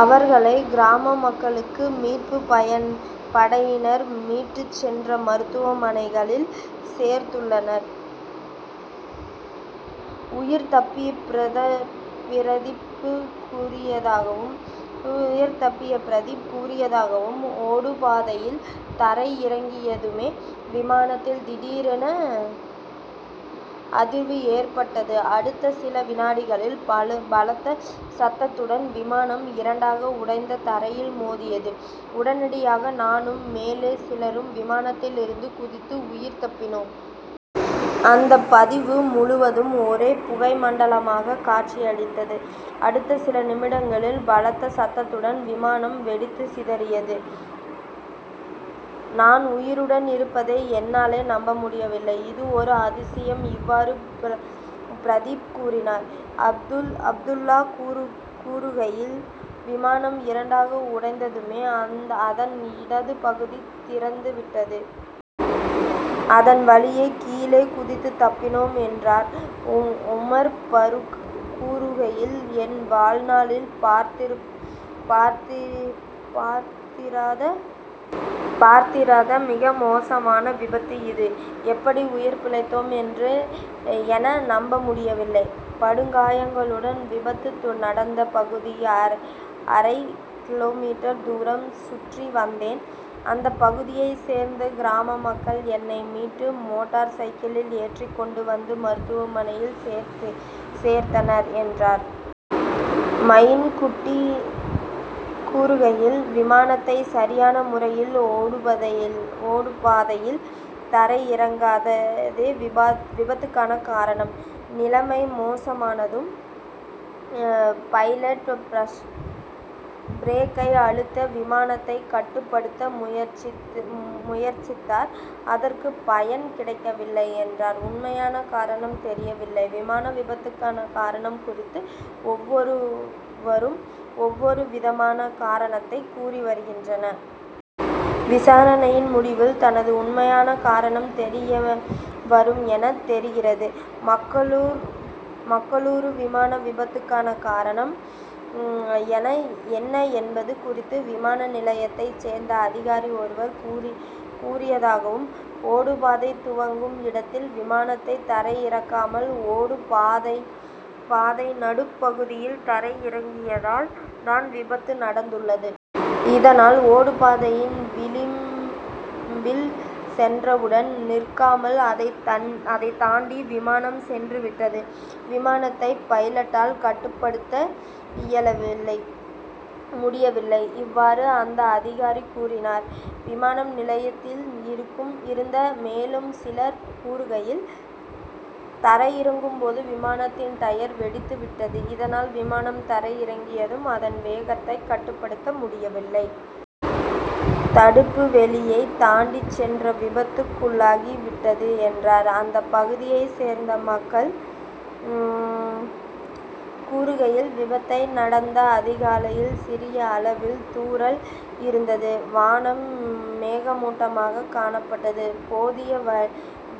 அவர்களை கிராம மக்களும் மீட்பு படையினரும் மீட்டுச் சென்று மருத்துவமனைகளில் சேர்த்துள்ளனர். உயிர் தப்பிய பிரதிப் கூறியதாவது ஓடுபாதையில் தரை இறங்கியதுமே விமானத்தில் திடீரென அதிர்வு ஏற்பட்டது. அடுத்த சில வினாடிகளில் பலத்த சத்தத்துடன் விமானம் இரண்டாக உடைந்து தரையில் மோதியது. உடனடியாக நானும் மேலும் சிலரும் விமானத்திலிருந்து குதித்து உயிர் தப்பினோம். அந்த பகுதி முழுவதும் ஒரே புகை மண்டலமாக காட்சி அளித்தது. அடுத்த சில நிமிடங்களில் பலத்த சத்தத்துடன் விமானம் வெடித்து சிதறியது. நான் உயிருடன் இருப்பதை என்னாலே நம்ப முடியவில்லை. இது ஒரு அதிசயம். இவ்வாறு பிரதிப் கூறினார். அப்துல்லா கூறுகையில் விமானம் இரண்டாக உடைந்ததுமே அதன் இடது பகுதி திறந்து விட்டது. அதன் வழியாக கீழே குதித்து தப்பினோம் என்றார். உமர் பரூக் கூறுகையில் என் வாழ்நாளில் பார்த்திராத மிக மோசமான விபத்து இது. எப்படி உயிர் பிழைத்தேன் என நம்ப முடியவில்லை. படுகாயங்களுடன் விபத்து நடந்த பகுதியில் அரை கிலோமீட்டர் தூரம் சுற்றி வந்தேன். அந்த பகுதியை சேர்ந்த கிராம மக்கள் என்னை மீட்டு மோட்டார் சைக்கிளில் ஏற்றி கொண்டு வந்து மருத்துவமனையில் சேர்த்தனர் என்றார். மயின் குட்டி கூறுகையில் விமானத்தை சரியான முறையில் ஓடுபாதையில் தரை இறக்காததே விபத்துக்கான காரணம். நிலைமை மோசமானதும் பைலட் பிரேக்கை அழுத்தி விமானத்தை கட்டுப்படுத்த முயற்சித்தார். அதற்கு பயன் கிடைக்கவில்லை என்றார். உண்மையான காரணம் தெரியவில்லை. விமான விபத்துக்கான காரணம் குறித்து ஒவ்வொருவரும் ஒவ்வொரு விதமான காரணத்தை கூறி வருகின்றனர். விசாரணையின் முடிவில் தான் உண்மையான காரணம் தெரிய வரும் என தெரிகிறது. மங்களூரு விமான விபத்துக்கான காரணம் என்ன என்பது குறித்து விமான நிலையத்தைச் சேர்ந்த அதிகாரி ஒருவர் கூறியதாவது ஓடுபாதை துவங்கும் இடத்தில் விமானத்தை தரை இறக்காமல் ஓடுபாதையின் நடுப் பகுதியில் தரை இறக்கியதால் தான் விபத்து நடந்துள்ளது. இதனால் ஓடுபாதையின் விளிம்பில் சென்றவுடன் நிற்காமல் அதைத் தாண்டி விமானம் சென்று விட்டது. விமானத்தை பைலட்டால் கட்டுப்படுத்த முடியவில்லை. இவ்வாறு அந்த அதிகாரி கூறினார். விமான நிலையத்தில் இருந்த மேலும் சிலர் கூறுகையில் தரை இறக்கும் போது விமானத்தின் டயர் வெடித்து விட்டது. இதனால் விமானம் தரை இறங்கியதும் அதன் வேகத்தை கட்டுப்படுத்த முடியவில்லை. தடுப்பு வேலியை தாண்டிச் சென்று விபத்துக்குள்ளாகி விட்டது என்றார். அந்த பகுதியைச் சேர்ந்த மக்கள் கூறுகையில் விபத்து நடந்த அதிகாலையில் சிறிய அளவில் தூறல் இருந்தது. வானம் மேகமூட்டமாக காணப்பட்டது. போதிய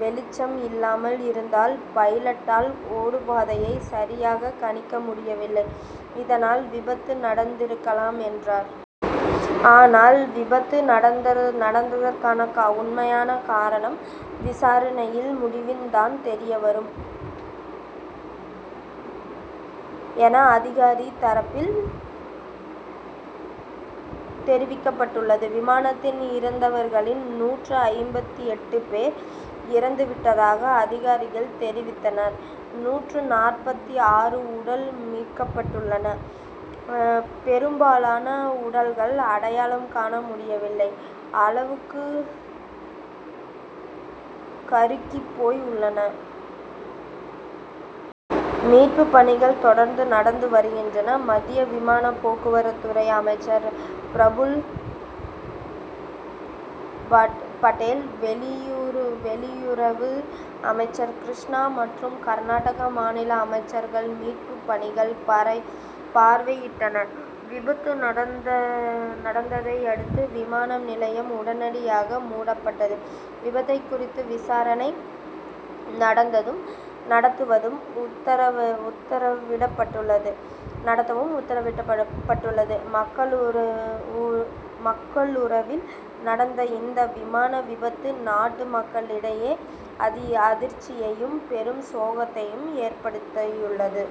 வெளிச்சம் இல்லாமல் இருந்ததால் பைலட்டால் ஓடுபாதையை சரியாக கணிக்க முடியவில்லை. இதனால் விபத்து நடந்திருக்கலாம் என்றனர். ஆனால் விபத்து நடந்ததற்கான உண்மையான காரணம் விசாரணையின் முடிவில் தான் தெரிய வரும் என அதிகாரிகள் தரப்பில் தெரிவிக்கப்பட்டுள்ளது. விமானத்தில் இருந்தவர்களில் நூற்று ஐம்பத்து எட்டு பேர் இறந்துவிட்டதாக அதிகாரிகள் தெரிவித்தனர். நூற்று நாற்பத்து ஆறு உடல்கள் மீட்கப்பட்டுள்ளன. பெரும்பாலான உடல்கள் அடையாளம் காண முடியவில்லை அளவுக்கு கருகிப் போய் உள்ளன. மீட்புப் பணிகள் தொடர்ந்து நடந்து வருகின்றன. மத்திய விமான போக்குவரத்துத்துறை அமைச்சர் பிரபுல் படேல் வெளியுறவு அமைச்சர் கிருஷ்ணா மற்றும் கர்நாடக மாநில அமைச்சர்கள் மீட்புப் பணிகளை பார்வையிட்டனர். விபத்து நடந்ததையடுத்து விமான நிலையம் உடனடியாக மூடப்பட்டது. விபத்து குறித்து விசாரணை நடத்தவும் உத்தரவிடப்பட்டுள்ளது. மங்களூருவில் நடந்த இந்த விமான விபத்து நாட்டு மக்களிடையே அதிர்ச்சியையும் பெரும் சோகத்தையும் ஏற்படுத்தியுள்ளது.